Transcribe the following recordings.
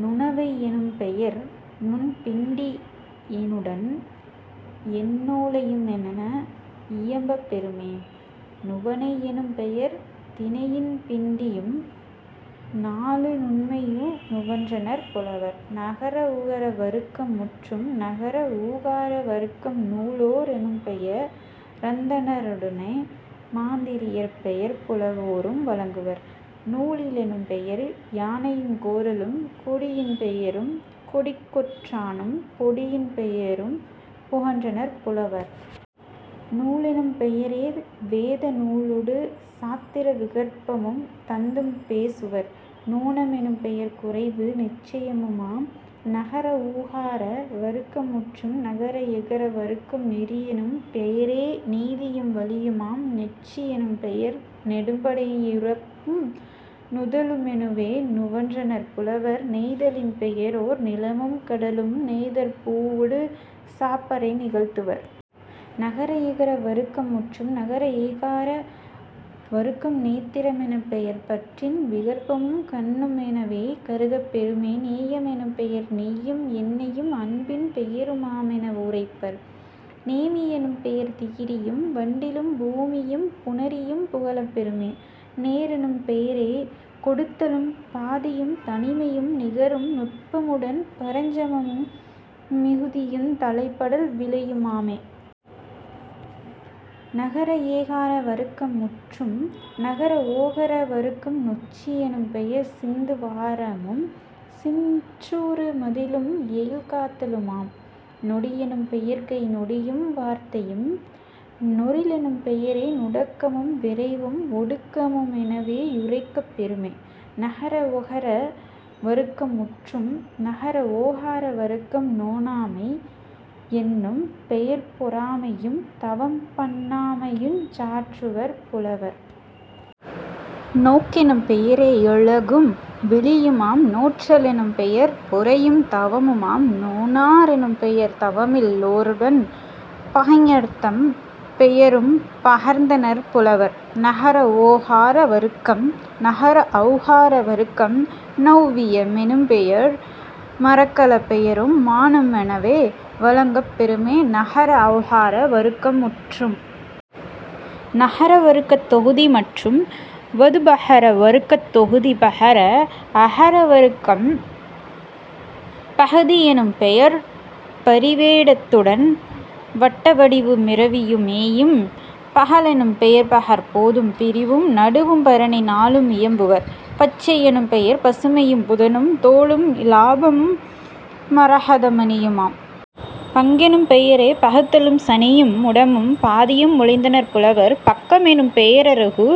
நுணவை யெனும்பெயர் நுண்பிண் டியினுடன் எண்ணோ லையுமென இயம்பப் பெறுமே..... நுவணை யெனும் பெயர் தினையின் பிண்டியும் நூலு நுண்மையு நுவன்றனர் புலவர்..... நகர உகர வருக்கம் முற்றும். நகர ஊகார வருக்கம் நூலோ ரெனும்பெய ரந்தண ருடனே மந்திரி யர்பெயர் புலவோரும் வழங்குவர்..... நூழி லெனும்பெயர் யானையுங் கோறலும் கொடியின் பெயரும் கொடிக்கொற் றானும் பொடியின் பெயரும் புகன்றனர் புலவர்..... நூலெனும் பெயரே வேத நூலொடு சாத்திர விகற்பமும் தந்தும் பேசுவர்..... நூண மெனும்பெயர் குறைவு நிச்சயமுமாம்..... நகர ஊகார வருக்கம் முற்றும். நகர எகர வருக்கம் நெறியெனும் பெயரே நீதியும் வழியுமாம்..... நெற்றி யெனும்பெயர் நெடும்படை யுறுப்பும் நுதலு மெனவே நுவன்றனர் புலவர்..... நெய்தலின் பெயரோர் நிலமும் கடலும் நெய்தற் பூவொடு சாப்பறை நிகழ்த்துவர்..... நகர எகர வருக்கம் முற்றும். நகர ஏகார வருக்கம் நேத்திர மெனப்பெயர் பட்டின் விகற்பமும் கண்ணு மெனவே கருதப் பெறுமே..... நேய மெனும்பெயர் நெய்யும் எண்ணெயும் அன்பின் பெயரு மாமென வுரைப்பர்..... நேமி யெனும்பெயர் திகிரியும் வண்டிலும் பூமியும் புணரியும் புகலப் பெறுமே..... நேரெனும் பெயரே கொடுத்தலும் பாதியும் தனிமையும் நிகரும் நுட்பமுடன் பரஞ்சமமு மிகுதியுந் தலைப்படல் விலையு மாமே..... நகர ஏகார வருக்கம் முற்றும். நகர ஒகர வருக்கம் நொச்சி யெனும்பெயர் சிந்து வாரமும் சிற்றூரு மதிலும் எயில் காத்தலுமாம்..... நொடியெனும் பெயர்கை நொடியும் வார்த்தையும்..... நொறிலெனும் பெயரே நுடக்கமும் விரைவும் ஒடுக்கமு மெனவே யுரைக்கப் பெறுமே..... நகர ஒகர வருக்கம் முற்றும். நகர ஓகார வருக்கம் நோனாமை யென்னும் பெயர்பொ றாமையும் தவம்பண்ணா மையுஞ் சாற்றுவர் புலவர்..... நோக்கெனும் பெயரே யழகும் விழியுமாம்..... நோற்ற லெனும்பெயர் பொறையும் தவமுமாம்..... நோனா ரெனும்பெயர் தவமில் லோருடன் பகைஞர்தம் பெயரும் பகர்ந்தனர் புலவர்..... நகர ஓகார வருக்கம். நகர ஒளகார வருக்கம் நெளவிய மெனும்பெயர் மரக்கலப் பெயரும் மானு மெனவே வழங்கப் பெறுமே..... நகர ஒளகார வருக்கம் முற்றும். நகர வருக்கத் தொகுதி முற்றும். வது பகர வருக்கத் தொகுதி பகர அகர வருக்கம் பகுதி யெனும்பெயர் பரிவே டத்துடன் வட்ட வடிவு மிரவியு நேமியும்..... பகலெனும் பெயர்பகற் போதும் பிரிவும் நடுவும் பரணி நாளும் இயம்புவர்..... பச்சை யெனும்பெயர் பசுமையும் புதனும் தோலும் இலாபமு மரகத மணியுமாம்..... பங்கெனும் பெயரே பகுத்தலும் சனியும் முடமும் பாதியும் மொழிந்தனர் புலவர்..... பக்க மெனும்பெய ரருகு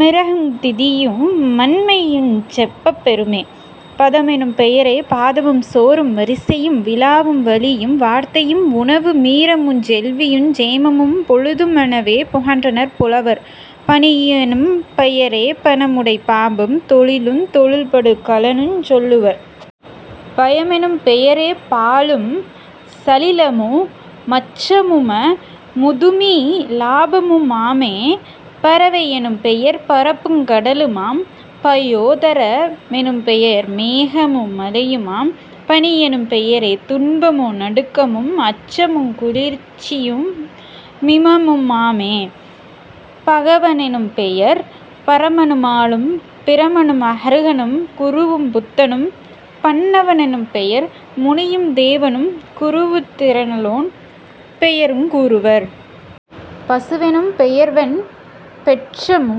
மிறகுந் திதியு மண்மையுஞ் செப்பப் பெறுமே..... பதமெனும் பெயரே பாதமும் சோறும் வரிசையும் விழாவும் வழியும் வார்த்தையும் உணவு மீரமுஞ் செல்வியுஞ் சேமமும் பொழுது மெனவே புகன்றனர் புலவர்..... பணியெனும் பெயரே பணமுடைப் பாம்பும் தொழிலுந் தொழில்படு கலனுஞ் சொல்லுவர்..... பயமெனும் பெயரே பாலும் சலிலமு மச்சமும முதுமி லாபமு மாமே..... பரவை யெனும்பெயர் பரப்புங் கடலுமாம்..... பயோதர மெனும்பெயர் மேகமு முலையுமாம்..... பனியெனும் பெயரே துன்பமு நடுக்கமும் அச்சமுங் குளிர்ச்சியு மிமமு மாமே..... பகவ னெனும்பெயர் பரமனு மாலும் பிரமனும் அருகனும் குருவும் புத்தனும்..... பண்ணவ னெனும்பெயர் முனியும் தேவனும் குருவுந் திறலோன் பெயருங் கூறுவர்..... பசுவெனும் பெயர்வெண் பெற்றமு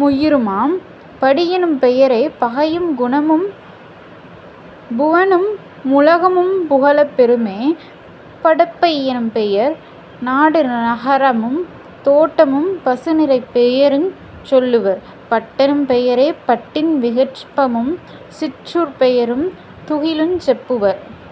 முயிருமாம்..... படியெனும் பெயரே பகையும் குணமும் புவனமு முலகமும் புகலப் பெறுமே..... படப்பை யெனும்பெயர் நாடு நகரமும் தோட்டமும் பசுநிரைப் பெயருஞ் சொல்லுவர்..... பட்டெனும் பெயரே பட்டின் விகற்பமும் சிற்றூர்ப் பெயரும் துகிலுஞ் செப்புவர்...